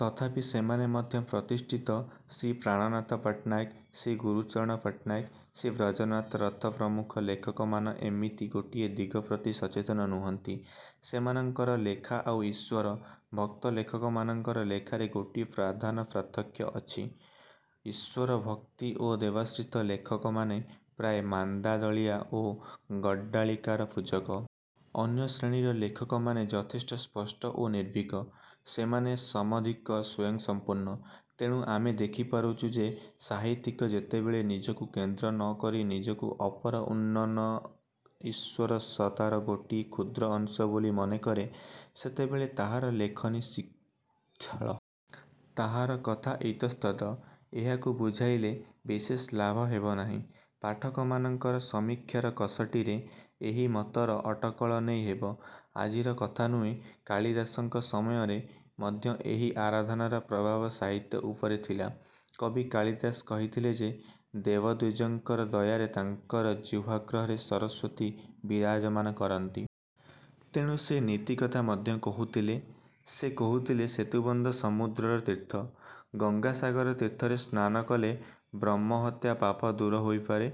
ତଥାପି ସେମାନେ ମଧ୍ୟ ପ୍ରତିଷ୍ଠିତ। ଶ୍ରୀ ପ୍ରାଣନାଥ ପଟ୍ଟନାୟକ, ଶ୍ରୀ ଗୁରୁଚରଣ ପଟ୍ଟନାୟକ, ଶ୍ରୀ ବ୍ରଜନାଥ ରଥ ପ୍ରମୁଖ ଲେଖକମାନେ ଏମିତି ଗୋଟିଏ ଦିଗ ପ୍ରତି ସଚେତନ ନୁହନ୍ତି। ସେମାନଙ୍କର ଲେଖା ଆଉ ଇଶ୍ୱର-ଭକ୍ତ ଲେଖକମାନଙ୍କର ଲେଖାରେ ଗୋଟାଏ ପ୍ରଧାନ ପାର୍ଥକ୍ୟ ଅଛି। ଈଶ୍ୱର ଭକ୍ତ ଓ ଦେବାଶ୍ରିତ ଲେଖକମାନେ ପ୍ରାୟ ମାନ୍ଦାଦଳିଆ ଓ ଗଡ଼୍ଡାଳିକାର ପୂଜକ-। ଅନ୍ୟ ଶ୍ରେଣୀର ଲେଖକମାନେ ଯଥେଷ୍ଟ ସ୍ପଷ୍ଟ ଓ ନିର୍ଭୀକ। ସେମାନେ ସମଧିକ ସ୍ୱୟଂସମ୍ପୂର୍ଣ୍ଣ-। ତେଣୁ ଆମେ ଦେଖିପାରୁଛୁ ଯେ ସାହିତ୍ୟିକ ଯେତେବେଳେ ନିଜକୁ କେନ୍ଦ୍ର ନ କରି ନିଜକୁ ଅପର ଉନ୍ନତ ଈଶ୍ୱର ସତ୍ତାର ଗୋଟିଏ କ୍ଷୁଦ୍ର ଅଂଶ ବୋଲି ମନେ କରେ ସେତେବେଳେ ତାହାର ଲେଖନୀ ଶିଥିଳ। ତାହାର କଥା ଇତସ୍ତତ। ଏହାକୁ ବୁଝାଇଲେ ବିଶେଷ ଲାଭ ହେବ ନାହିଁ। ପାଠକମାନଙ୍କର ସମୀକ୍ଷାର କଷଟିରେ ଏହି ମତର ଅଟକଳ ନେଇ ହବ। ଆଜିର କଥା ନୁହେଁ। କାଳିଦାସଙ୍କ ସମୟରେ ମଧ୍ୟ ଏହି ଆରାଧନାର ପ୍ରଭାବ ସାହିତ୍ୟ ଉପରେ ଥିଲା। କବି କାଳିଦାସ କହିଥିଲେ ଯେ ଦେବଦ୍ୱିଜଙ୍କର ଦୟାରେ ତାଙ୍କର ଜିହ୍ୱାଗ୍ରରେ ସରସ୍ୱତୀ ବିରାଜମାନ କରନ୍ତି। ତେଣୁ ସେ ନୀତିକଥା ମଧ୍ୟ କହୁଥିଲେ। ସେ କହୁଥିଲେ ସେତୁବନ୍ଧ ସମୁଦ୍ରର ତୀର୍ଥ, ଗଙ୍ଗାସାଗର ତୀର୍ଥରେ ସ୍ନାନ କଲେ ବ୍ରହ୍ମହତ୍ୟା ପାପ ଦୂର ହୋଇପାରେ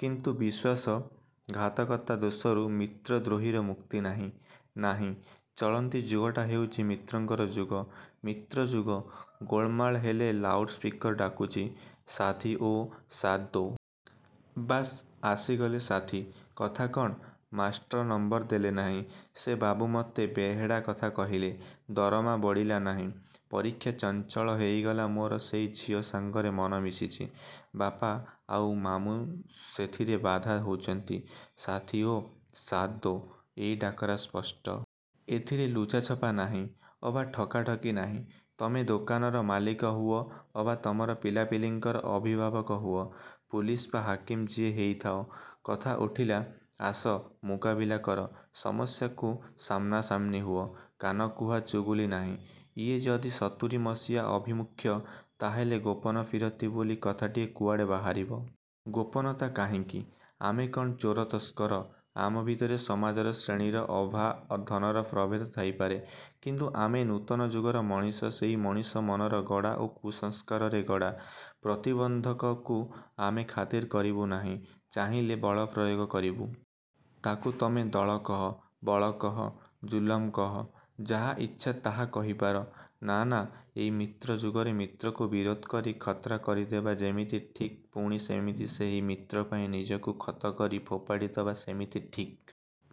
କିନ୍ତୁ ବିଶ୍ୱାସ-ଘାତକତା ଦୋଷରୁ ମିତ୍ର ଦ୍ରୋହୀର ମୁକ୍ତି ନାହିଁ-ନାହିଁ। ଚଳନ୍ତି ଯୁଗଟା ହେଉଛି ମିତ୍ରଙ୍କର ଯୁଗ-ମିତ୍ରଯୁଗ। ଗୋଳମାଳ ହେଲେ ଲାଉଡ଼ ସ୍ପିକର୍ ଡାକୁଛି-ସାଥିଓଁ ସାଥ୍ ଦୋ। ବାସ୍ ଆସିଗଲେ ସାଥୀ। କଥା କ'ଣ? ମାଷ୍ଟ୍ର ନମ୍ବର ଦେଲେ ନାହିଁ-ସେ ବାବୁ ମତେ ବେହେଡ଼ା କଥା କହିଲା-ଦରମା ବଢ଼ିଲା ନାହିଁ-ପରୀକ୍ଷା ଚଞ୍ଚଳ ହୋଇଗଲା ମୋର ସେଇ ଝିଅ ସାଙ୍ଗରେ ମନ ମିଶିଛି। ବାପା ଆଉ ମାମୁଁ ସେଥିରେ ବାଧା ହଉଛନ୍ତି-ସାଥିଓ ସାଥ୍ ଦୋ। ଏଇ ଡାକରା ସ୍ପଷ୍ଟ। ଏଥିରେ ଲୁଚାଛପା ନାହିଁ। ଅବା ଠକାଠକି ନାହିଁ। ତମେ ଦୋକାନର ମାଲିକ ହୁଅ ଅବା ତମର ପିଲାପିଲିଙ୍କର ଅଭିଭାବକ ହୁଅ, ପୁଲିସ ବା ହାକିମ ଯିଏ ହେଇଥାଅ-କଥା ଉଠିଲା। ଆସ ମୁକାବିଲା କର। ସମସ୍ୟାକୁ ସାମନାସାମନି ହୁଅ। କାନକୁହା ଚୁଗୁଲି ନାହିଁ। ଇଏ ଯଦି ସତୁରୀ ମସିହାର ଆଭିମୁଖ୍ୟ, ତାହାହେଲେ ଗୋପନ ପୀରତି ବୋଲି କଥାଟିଏ କୁଆଡ଼େ ବାହାରିବ? ଗୋପନତା କାହିଁକି? ଆମେ କ'ଣ ଚୋର ତସ୍କର? ଆମ ଭିତରେ ସମାଜର ଶ୍ରେଣୀର ଅବା ଧନର ପ୍ରଭେଦ ଥାଇପାରେ। କିନ୍ତୁ ଆମେ ନୂତନ ଯୁଗର ମଣିଷ ସେହି ମଣିଷ ମନର ଗଢ଼ା ଓ କୁସଂସ୍କାରରେ ଗଢ଼ା ପ୍ରତିବନ୍ଧକକୁ ଆମେ ଖାତିରି କରିବୁ ନାହିଁ। ଚାହିଁଲେ ବଳପ୍ରୟୋଗ କରିବୁ। ତା'କୁ ତମେ ଦଳ କହ-ବଳ କହ-ଜୁଲୁମ କହ। ଯାହା ଇଚ୍ଛା ତାହା କହିପାର। ନା-ନା। ଏଇ ମିତ୍ର ଯୁଗରେ ମିତ୍ରକୁ ବିରୋଧ କରି ଖତରା କରିଦେବା ଯେମିତି ଠିକ୍ ପୁଣି ସେମିତି ସେହି ମିତ୍ର ପାଇଁ ନିଜକୁ ଖତ କରି ଫୋପାଡ଼ି ଦବା ସେମିତି ଠିକ୍।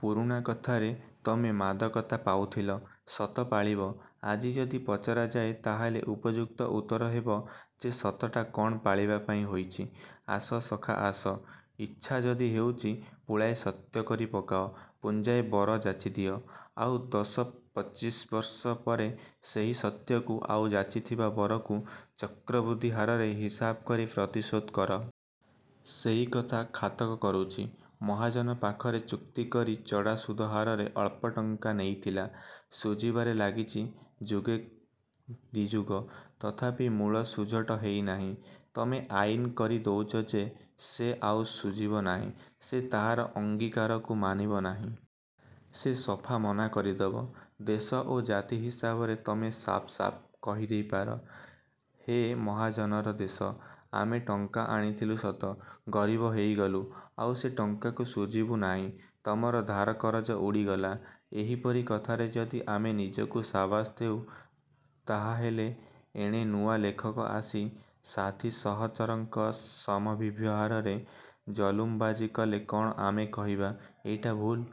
ପୁରୁଣା କଥାରେ ତମେ ମାଦକତା ପାଉଥିଲ-ସତ ପାଳିବ। ଆଜି ଯଦି ପଚରାଯାଏ ତାହାହେଲେ ଉପଯୁକ୍ତ ଉତ୍ତର ହେବ ଯେ ସତଟା କ'ଣ ପାଳିବା ପାଇଁ ହୋଇଛି? ଆସ ସଖା ଆସ। ଇଚ୍ଛା ଯଦି ହେଉଛି ପୁଳାଏ ସତ୍ୟ କରି ପକାଅ। ପୁଞ୍ଜାଏ ବର ଯାଚିଦିଅ। ଆଉ ଦଶ ପଚିଶବର୍ଷ ପରେ ସେହି ସତ୍ୟକୁ ଆଉ ଯାଚିଥିବା ବରକୁ ଚକ୍ରବୃଦ୍ଧି ହାରରେ ହିସାବ କରି ପରିଶୋଧ କର। ସେଇକଥା ଖାତକ କରୁଛି। ମହାଜନ ପାଖରେ ଚୁକ୍ତିକରି ଚଢ଼ା ସୁଧ ହାରରେ ଅଳ୍ପ ଟଙ୍କା ନେଇଥିଲା। ଶୁଝିବାରେ ଲାଗିଛି ଯୁଗେ, ଦି'ଯୁଗ-ତଥାପି ମୂଳ ଶୁଝଟ ହେଇ ନାହିଁ। ତମେ ଆଇନ କରି ଦଉଛ ଯେ ସେ ଆଉ ଶୁଝିବ ନାହିଁ। ସେ ତାହାର ଅଙ୍ଗୀକାରକୁ ମାନିବ ନାହିଁ। ସେ ସଫା ମନା କରିଦବ। ଦେଶ ଓ ଜାତି ହିସାବରେ ତମେ ସାଫ୍ ସାଫ୍ କହିଦେଇପାର-ହେ, ମହାଜନର ଦେଶ-। ଆମେ ଟଙ୍କା ଆଣିଥିଲୁ ସତ। ଗରିବ ହେଇଗଲୁ। ଆଉ ସେ ଟଙ୍କାକୁ ଶୁଝିବୁ ନାହିଁ-। ତମର ଧାର କରଜ ଉଡ଼ିଗଲା। ଏହିପରି କଥାରେ ଯଦି ଆମେ ନିଜକୁ ସାବାସ ଦେଉ ତାହାହେଲେ ଏଣେ ନୂଆ ଲେଖକ ଆସି ସାଥୀ ସହଚରଙ୍କର ସମଭିବ୍ୟହାରରେ ଜଲୁମବାଜି କଲେ କ'ଣ ଆମେ କହିବା-ଏଇଟା ଭୁଲ?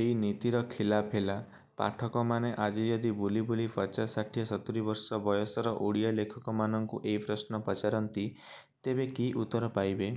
ଏଇ ନୀତିର ଖିଲାପ ହେଲା? ପାଠକମାନେ ଆଜି ଯଦି ବୁଲି ବୁଲି ପଚାଶ ଷାଠିଏ ସତୁରୀବର୍ଷ ବୟସର ଓଡ଼ିଆ ଲେଖକମାନଙ୍କୁ ଏଇ ପ୍ରଶ୍ନ ପଚାରନ୍ତି ତେବେ କି ଉତ୍ତର ପାଇବେ?